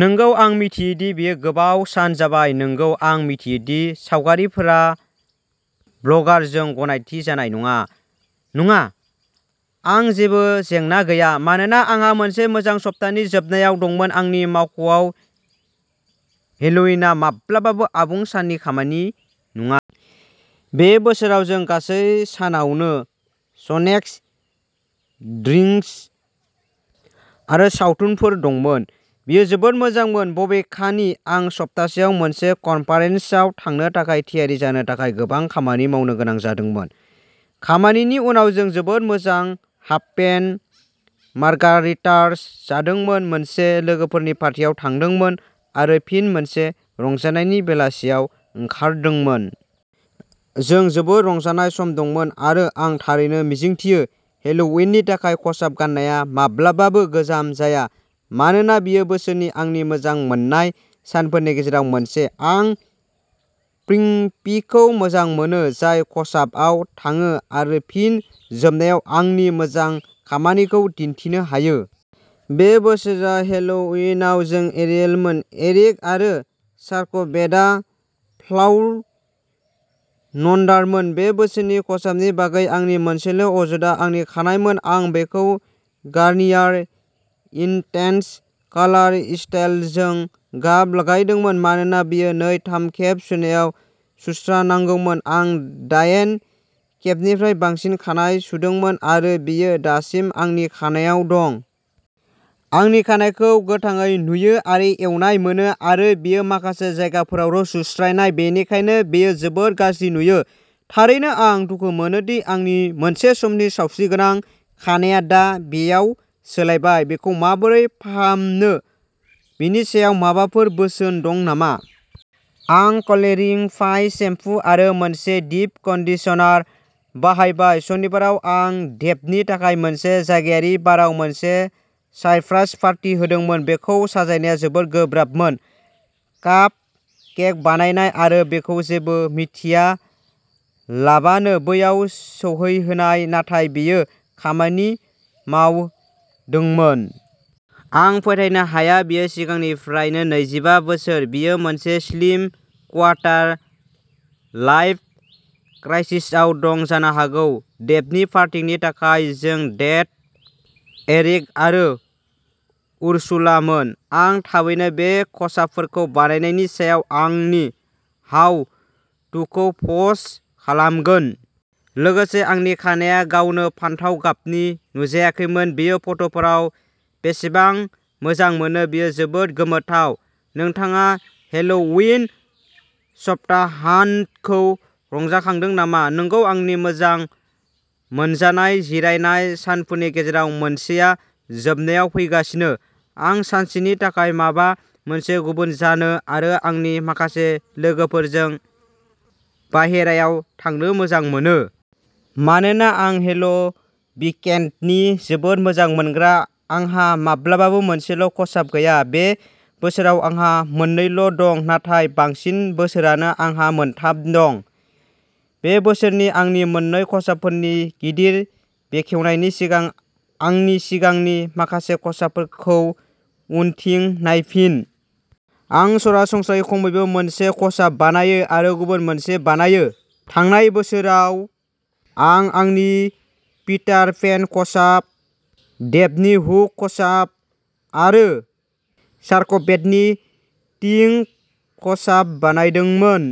नंगौ आं मिथियो दि बेयो गोबाव सान जाबाय। नंगौ, आं मिथियो दि सावगारिफोरा ब्लगारजों गनायथि जानाय नङा। नङा, आं जेबो जेंना गैया मानोना आंहा मोनसे मोजां सप्तानि जोबनायाव दंमोन आंनि मावख'आव हेल'विनआ माब्लाबाबो आबुं साननि खामानि नङा। बे बोसोराव जों गासै सानावनो स्नेक्स, ड्रिंक्स आरो सावथुनफोर दंमोन। बेयो जोबोद मोजांमोन, बबेखानि, आं बे सप्तायाव मोनसे कन्फारेन्सआव थांनो थाखाय थियारि जानो थाखाय गोबां खामानि मावनो गोनां जादोंमोन। खामानिनि उनाव, जों जोबोद मोजां हाबकेप मार्गारिटास जादोंमोन, मोनसे लोगोफोरनि पार्टियाव थांदोंमोन आरो फिन मोनसे रंजानायनि बेलासियाव ओंखारदोंमोन। जों जोबोद रंजानाय सम दंमोन आरो आं थारैनो मिजिंथियो हेल'विननि थाखाय खसाब गान्नाया माब्लाबाबो गोजाम जाया, मानोना बेयो बोसोरनि आंनि मोजां मोनजानाय सानफोरनि गेजेराव मोनसे। आं प्रिपिंखौ मोजां मोनो जाय खसाबआव थाङो आरो फिन जोबनायाव आंनि मोजां खामानिखौ दिन्थिनो हायो। बे बोसोराव हेल'विनआव जों एरियेलमोन, एरिक, आरो शार्कबेटआ फ्लाउन्डारमोन। बे बोसोरनि खसाबनि बागै आंनि मोनसेल' अजदआ आंनि खानाइमोन। आं बेखौ गार्नियार इन्टेन्स कालार स्टाइलारजों गाब लागायदोंमोन मानोना बेयो नै थाम खेब सुनायाव सुस्रानांगौमोन। आं दायेन खेबनिफ्राय बांसिन खानाइ सुदोंमोन आरो बेयो दासिमबो आंनि खानाइआव दं। आंनि खानाइखौ गोथाङै नुयो आरो एवनाय मोनो, आरो बेयो माखासे जायगाफोरावल' सुस्रानाय, बेनिखायनो बेयो जोबोद गाज्रि नुयो। थारैनो आं दुखु मोनो दि आंनि मोनसे समनि सावस्रिगोनां खानाइया दा बेयाव सोलायबाय। बेखौ माबोरै फाहामनो बेनि सायाव माबाफोर बोसोन दं नामा? आं क्लेरिफाइं सेम्पु आरो मोनसे डीप कन्डिशनार बाहायबाय। सनिबाराव, आं डेभनि थाखाय मोनसे जायगायारि बारआव मोनसे सारप्राइज पार्टी होदोंमोन। बेखौ साजायनाया जोबोद गोब्राबमोन, कापकेक बानायनाय आरो बिखौ जेबो मिथियालाबानो बैयाव सौहैहोनाय, नाथाय बेयो खामानि मावदोंमोन। आं फोथायनो हाया बियो सिगांनिफ्रायनो नैजिबा बोसोर, बियो मोनसे स्लिम क्वार्टार-लाइफ क्राइसिसआव दं जानो हागौ। डेभनि पार्टिनि थाखाय जों डेड एरिक आरो उर्सुला मोन। आं थाबैनो बे खसाबफोरखौ बानायनायनि सायाव आंनि हाउ-थुखौ पस्ट खालामगोन। लोगोसे, आंनि खानाया गावनो फान्थाव गाबनि नुजायाखैमोन, बेयो फट'फोराव बेसेबां मोजांमोनो बेयो जोबोद गोमोथाव। नोंथाङा हेल'विन सप्ताहान्तखौ रंजाखांदों नामा? नंगौ आंनि मोजां मोनजानाय जिरायनाय सानफोरनि गेजेराव मोनसेआ जोबनायाव फैगासिनो। आं सानसे नि थाखाय माबा मोनसे गुबुन जानो आरो आंनि माखासे लोगोफोरजों बाहेरायाव थांनो मोजां मोनो। मानोना आं हेल'विकेंडनि जोबोद मोजां मोनग्रा, आंहा माब्लाबाबो मोनसेल' खसाब गैया। बे बोसोराव आंहा मोन नै ल' दं नाथाय बांसिन बोसोरानो आंहा मोनथाम दं। बे बोसोरनि आंनि मोन्नै खसाबफोरनि गिदिर बेखेवनायनि सिगां, आंनि सिगांनि माखासे खसाबफोरखौ उनथिं नायफिन। आं सरासनस्रायै खमैबो मोनसे खसाब बानायो, आरो गुबुन मोनसे बायो। थांनाय बोसोराव, आं आंनि पिटार पेन खसाब, डेभनि हुक खसाब, आरो शार्कबेटनि टिंक खसाब बानायदोंमोन।